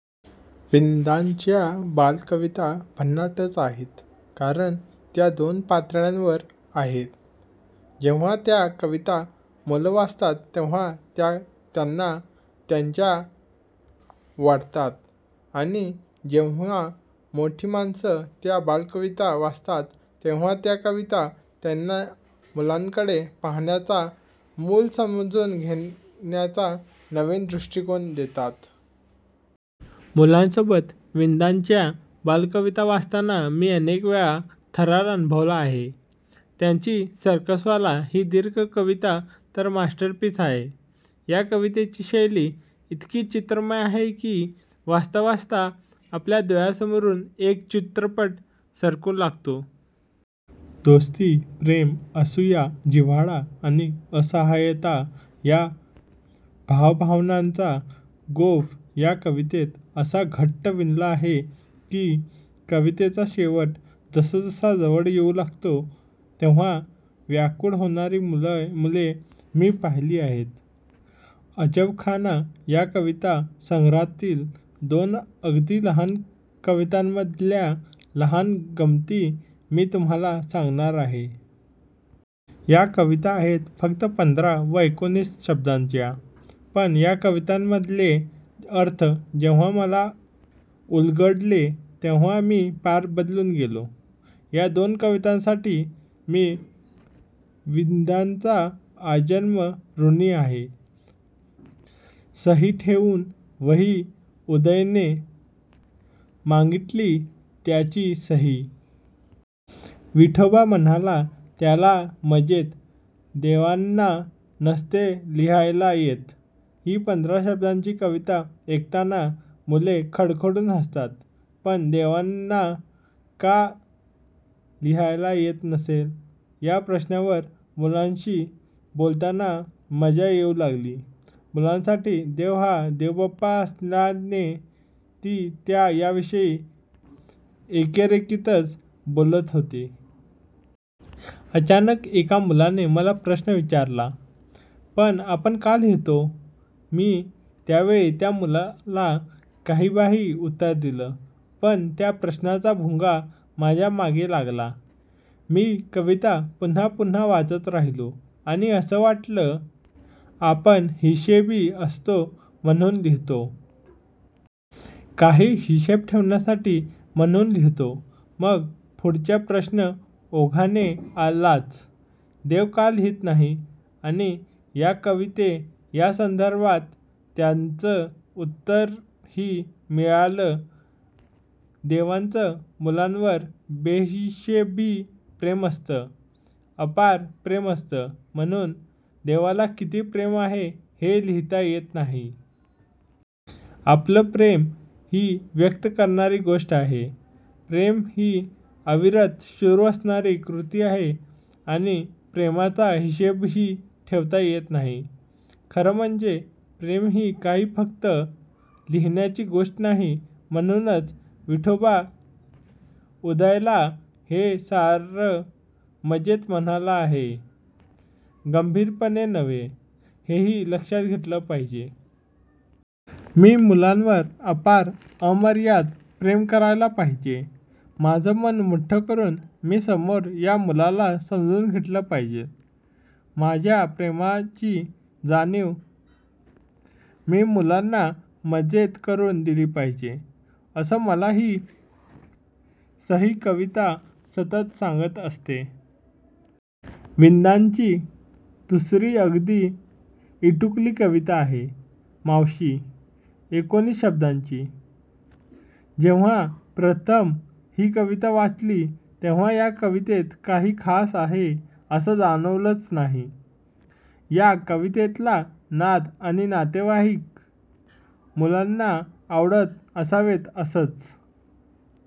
विंदांच्या बालकविता भन्नाटच आहेत. कारण त्या दोन पातळ्यांवर आहेत. जेव्हा त्या कविता मुलं वाचतात तेव्हा त्या त्यांना त्यांच्या वाटतात. आणि जेव्हा मोठी माणसं त्या बालकविता वाचतात तेव्हा त्या कविता त्यांना मुलांकडे पाहण्याचा, मूल समजून घेण्याचा नवीन दृष्टिकोन देतात. मुलांसोबत विंदांच्या बालकविता वाचताना तर मी अनेकवेळा थरार अनुभवला आहे. त्यांची सर्कसवाला ही दीर्घ कविता तर मास्टरपीस आहे. या कवितेची शैली इतकी चित्रमय आहे की वाचता वाचता आपल्या डोळ्यांसमोरून एक चित्रपटच सरकू लागतो. दोस्ती, प्रेम, असूया, जिव्हाळा आणि असाहाय्यता या भावभावनांचा गोफ या कवितेत असा घट्ट विणला आहे की, कवितेचा शेवट जसजसा जवळ येऊ लागतो तेव्हा व्याकूळ होणारी मुले मी पाहिली आहेत. अजबखाना या कविता संग्रहातील दोन अगदी लहान कवितांमधल्या महान गमती मी तुम्हांला सांगणार आहे. या कविता आहेत फक्त पंधरा व एकोणीस शब्दांच्या. पण या कवितांमधले अर्थ जेव्हा मला उलगडले तेव्हा मी पार बदलून गेलो. या दोन कवितांसाठी मी विंदांचा आजन्म ऋणी आहे. सही ठेवून वही उदयने मागितली त्याची सही. विठोबा म्हणाला त्याला मजेत, देवांना नसते लिहायला येत! ही पंधरा शब्दांची कविता ऐकताना मुले खळखळून हसतात. पण देवांना का लिहायला येत नसेल? या प्रश्नावर मुलांशी बोलताना मजा येऊ लागली. मुलांसाठी देव हा देवबाप्पा असल्याने ती त्या याविषयी एकेरीतच बोलत होती. अचानक एका मुलाने मला प्रश्न विचारला, पण आपण का लिहितो? मी त्यावेळी त्या मुलाला काहीबाही उत्तर दिलं. पण त्या प्रश्नाचा भुंगा माझ्यामागे लागला. मी कविता पुन्हा पुन्हा वाचत राहिलो आणि असं वाटलं, आपण हिशेबी असतो म्हणून लिहितो. काही हिशेब ठेवण्यासाठी म्हणून लिहितो. मग पुढचा प्रश्न ओघाने आलाच. देव का लिहीत नाही? आणि या कविते या संदर्भात त्याचं उत्तरही मिळालं. देवाचं मुलांवर बेहिशेबी प्रेम असतं, अपार प्रेम असतं म्हणून देवाला किती प्रेम आहे हे लिहिता येत नाही. आपलं प्रेम ही व्यक्त करण्याची गोष्ट आहे, प्रेम ही अविरत सुरू असणारी कृती आहे आणि प्रेमाचा हिशेबही ठेवता येत नाही. खरं म्हणजे, प्रेम ही काही फक्त लिहिण्याची गोष्ट नाही. म्हणूनच विठोबा उदयला हे सारं मजेत म्हणाला आहे, गंभीरपणे नव्हे, हेही लक्षात घेतलं पाहिजे. मी मुलांवर अपार, अमर्याद प्रेम करायला पाहिजे. माझं मन मोठं करून मी समोर या मुलाला समजून घेतलं पाहिजे. माझ्या प्रेमाची जाणीव मी मुलांना मजेत करून दिली पाहिजे, असं मला ही सही कविता सतत सांगत असते. विंदांची दुसरी अगदी इटुकली कविता आहे, मावशी. एकोणीस शब्दांची! जेव्हा प्रथम ही कविता वाचली तेव्हा या कवितेत काही खास आहे, असं जाणवलंच नाही. या कवितेतला नाद आणि नातेवाईक मुलांना आवडत असावेत असंच